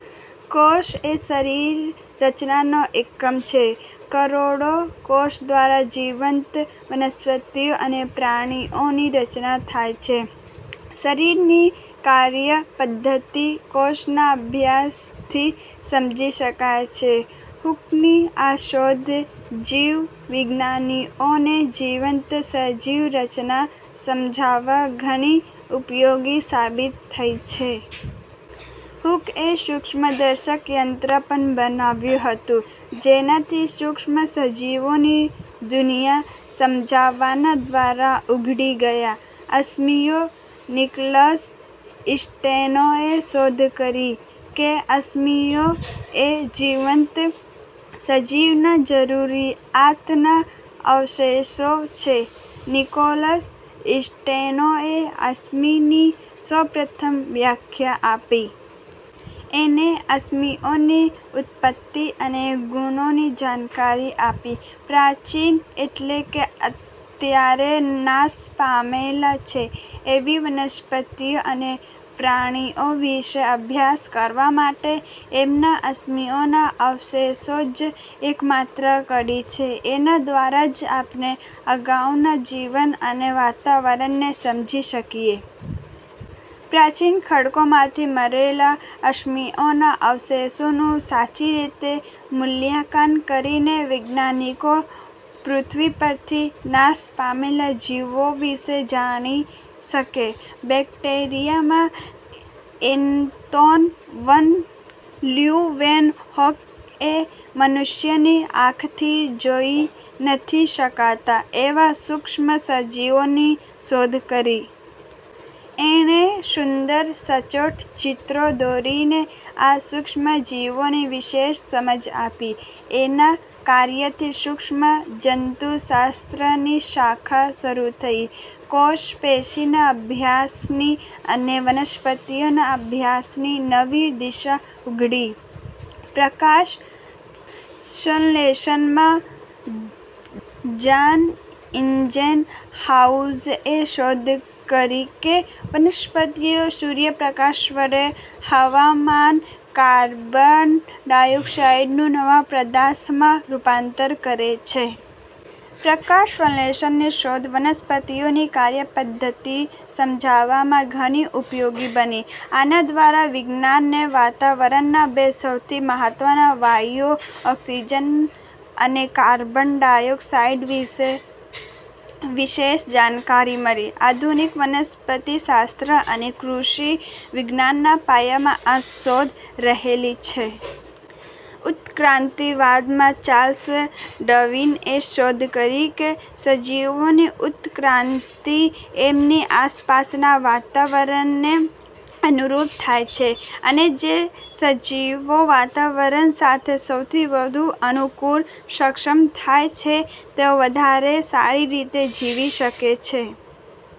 કોષ એ શરીર રચનાનો એકમ છે. કરોડો કોષ દ્વારા જીવંત વનસ્પતિઓ અને પ્રાણીઓની રચના થાય છે. શરીરની કાર્યપધ્ધતિ કોષના અભ્યાસથી સમજી શકાય છે. હુકની આ શોધ જીવ વિજ્ઞાનીઓને જીવંત સજીવ રચના સમજવા ઘણી ઉપયોગી સાબિત થઇ છે. હુકએ સુક્ષ્મદર્શક યંત્ર પણ બનાવ્યું હતું જેનાથી સુક્ષ્મ સજીવોની દુનિયા સમજવાના દ્વાર ઉઘડી ગયા. અશ્મિઓ નિકોલસ સ્ટેનોએ શોધ કરી કે અશ્મિઓ એ જીવંત સજીવના શરૂઆતના અવશેષો છે. નિકોલસ સ્ટેનોએ "અશ્મિ"ની સૌપ્રથમ વ્યાખ્યા આપી. એણે અશ્મિઓની ઉત્તપત્તિ અને ગુણોની જાણકારી આપી. પ્રાચીન એટલે કે અત્યારે નાશ પામેલા છે એવી વનસ્પતિઓ અને પ્રાણીઓ વિષે અભ્યાસ કરવા માટે એમના અશ્મિઓના અવશેષો જ એક માત્ર કડી છે. એના દ્વારા જ આપણે અગાઉના જીવન અને વાતાવરણને સમજી શકીએ. પ્રાચીન ખડકોમાંથી મળેલા અશ્મિઓના અવશેષોનું સાચી રીતે મૂલ્યાંકન કરીને વૈજ્ઞાનિકો પૃથ્વી પરથી નાશ પામેલા જીવો વિષે જાણી શકે. બેકટેરિયા માં એન્તોન વાન લ્યુવેન્હોકએ મનુષ્યની આંખથી જોઈ નથી શકાતા એવા સુક્ષ્મ સજીવની શોધ કરી. એણે સુંદર, સચોટ ચિત્રો દોરીને આ સુક્ષ્મ જીવોની વિશેષ સમજ આપી. એના કાર્યોથી સુક્ષ્મ જંતુશાસ્ત્ર ની શાખા શરુ થઇ. કોષપેશીના અભ્યાસની અને વનસ્પતિઓના અભ્યાસની નવી દિશા ઉઘડી. પ્રકાશ સંશ્લેષણ માં જાન ઇન્જેનહાઉઝએ શોધ કરી કે વનસ્પતિઓ સૂર્યપ્રકાશ વડે હવામાંના કાર્બન ડાયોક્સાઈડનું નવા પદાર્થમાં રૂપાંતર કરે છે. પ્રકાશ સંશ્લેષણની શોધ વનસ્પતિઓની કાર્ય પધ્ધતિ સમજવામાં ઘણી ઉપયોગી બની. આના દ્વારા વિજ્ઞાનને વાતાવરણના બે સૌથી મહત્વના વાયુઓ ઓક્સીજન અને કાર્બન ડાયોક્સાઈડ વિષે વિશેષ જાણકારી મળી. આધુનિક વનસ્પતિશાસ્ત્ર અને કૃષિ વિજ્ઞાનના પાયામાં આ શોધ રહેલી છે. ઉત્તક્રાંતિ વાદ માં ચાર્લ્સ ડાર્વિનએ શોધ કરી કે સજીવોની ઉત્તક્રાંતિ એમની આસપાસના વાતાવરણને અનુરૂપ થાય છે અને જે સજીવો વાતાવરણ સાથે સૌથી વધુ અનુકુળ સક્ષમ થાય છે તેઓ વધારે સારી રીતે જીવી શકે છે.